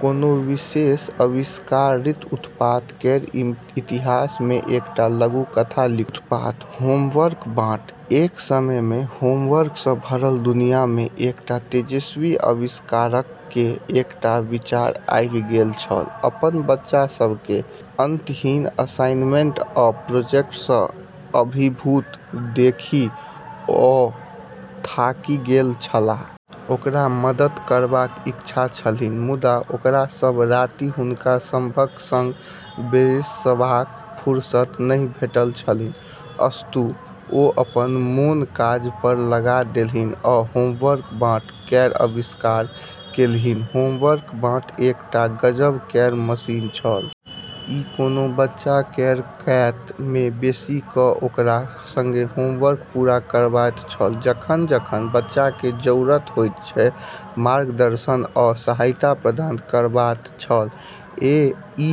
कोनो विशेष आविष्कारित उत्पाद केर इतिहास मे एकटा लघुकथा लिखू। उत्पाद: "होमवर्क बॉट"। एक समय मे होमवर्क सँ भरल दुनिया मे एकटा तेजस्वी आविष्कारक केँ एकटा विचार आबि गेल छल। अपन बच्चा सभ केँ अंतहीन असाइनमेंट आ प्रोजेक्ट सँ अभिभूत देखि ओ थाकि गेल छलाह। ओकरा मदद करबाक इच्छा छलन्हि, मुदा ओकरा सभ राति हुनका सभक संग बैसबाक फुर्सत नहि भेटैत छलन्हि। अस्तु, ओ अपन मोन काज पर लगा देलन्हि आ "होमवर्क बॉट" केर आविष्कार केलन्हि। होमवर्क बॉट एकटा गजब केर मशीन छल। ई कोनो बच्चा केर कात मे बैसि कऽ ओकरा संगे होमवर्क पूरा करबैत छल, जखन-जखन बच्चा केँ जरूरत होइत छै, मार्गदर्शन आ सहायता प्रदान करबैत छल। ई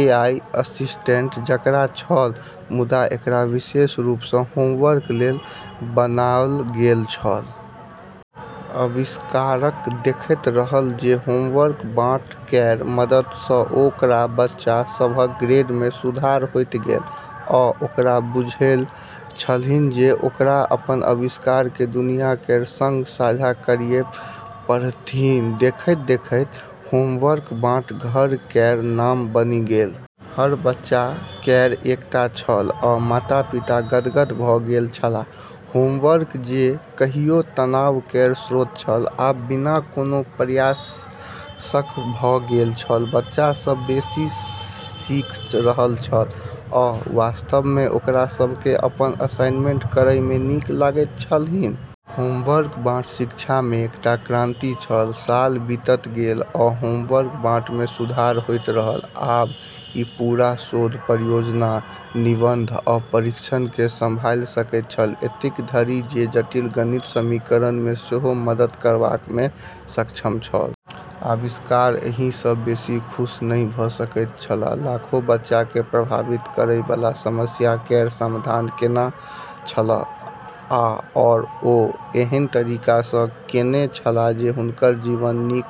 एआई असिस्टेंट जकाँ छल, मुदा एकरा विशेष रूप सँ होमवर्क लेल बनाओल गेल छल। आविष्कारक देखैत रहल जे होमवर्क बॉट केर मदद सँ ओकर बच्चा सभक ग्रेड मे सुधार होइत गेलै, आ ओकरा बुझल छलन्हि जे ओकरा अपन आविष्कार केँ दुनिया केर संग साझा करए पड़तन्हि। देखैत-देखैत होमवर्क बॉट घर केर नाम बनि गेल। हर बच्चा केर एकटा छल आ माता-पिता गदगद भऽ गेल छलाह। होमवर्क जे कहियो तनाव केर स्रोत छल, आब बिना कोनो प्रयासक भऽ गेल छल। बच्चा सभ बेसी सीखि रहल छल, आ वास्तव मे ओकरा सभ केँ अपन असाइनमेंट करए मे नीक लागैत छलन्हि। होमवर्क बॉट शिक्षा मे एकटा क्रांति छल। साल बीतैत गेल, आ होमवर्क बॉट मे सुधार होइत रहल। आब ई पूरा शोध परियोजना, निबंध, आ परीक्षण केँ संभालि सकैत छल। एतेक धरि जे जटिल गणित समीकरण मे सेहो मदद करबा मे सक्षम छल। आविष्कारक एहि सँ बेसी खुश नहि भऽ सकैत छलाह। लाखों बच्चा केँ प्रभावित करए बला समस्या केर समाधान केने छलाह, आओर ओ एहन तरीका सँ केने छलाह जे हुनकर जीवन नीक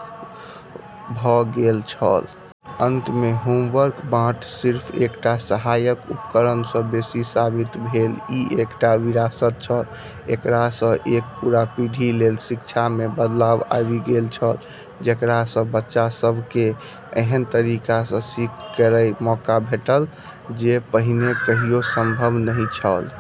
भऽ गेल छल। अंत मे होमवर्क बॉट सिर्फ एकटा सहायक उपकरण सँ बेसी साबित भेल ई एकटा विरासत छल। एकरा सँ एक पूरा पीढ़ी लेल शिक्षा मे बदलाव आबि गेल छलै, जेकरा सँ बच्चा सभ केँ एहन तरीका सँ सीखै केर मौका भेटलै जे पहिने कहियो संभव नहि छलै।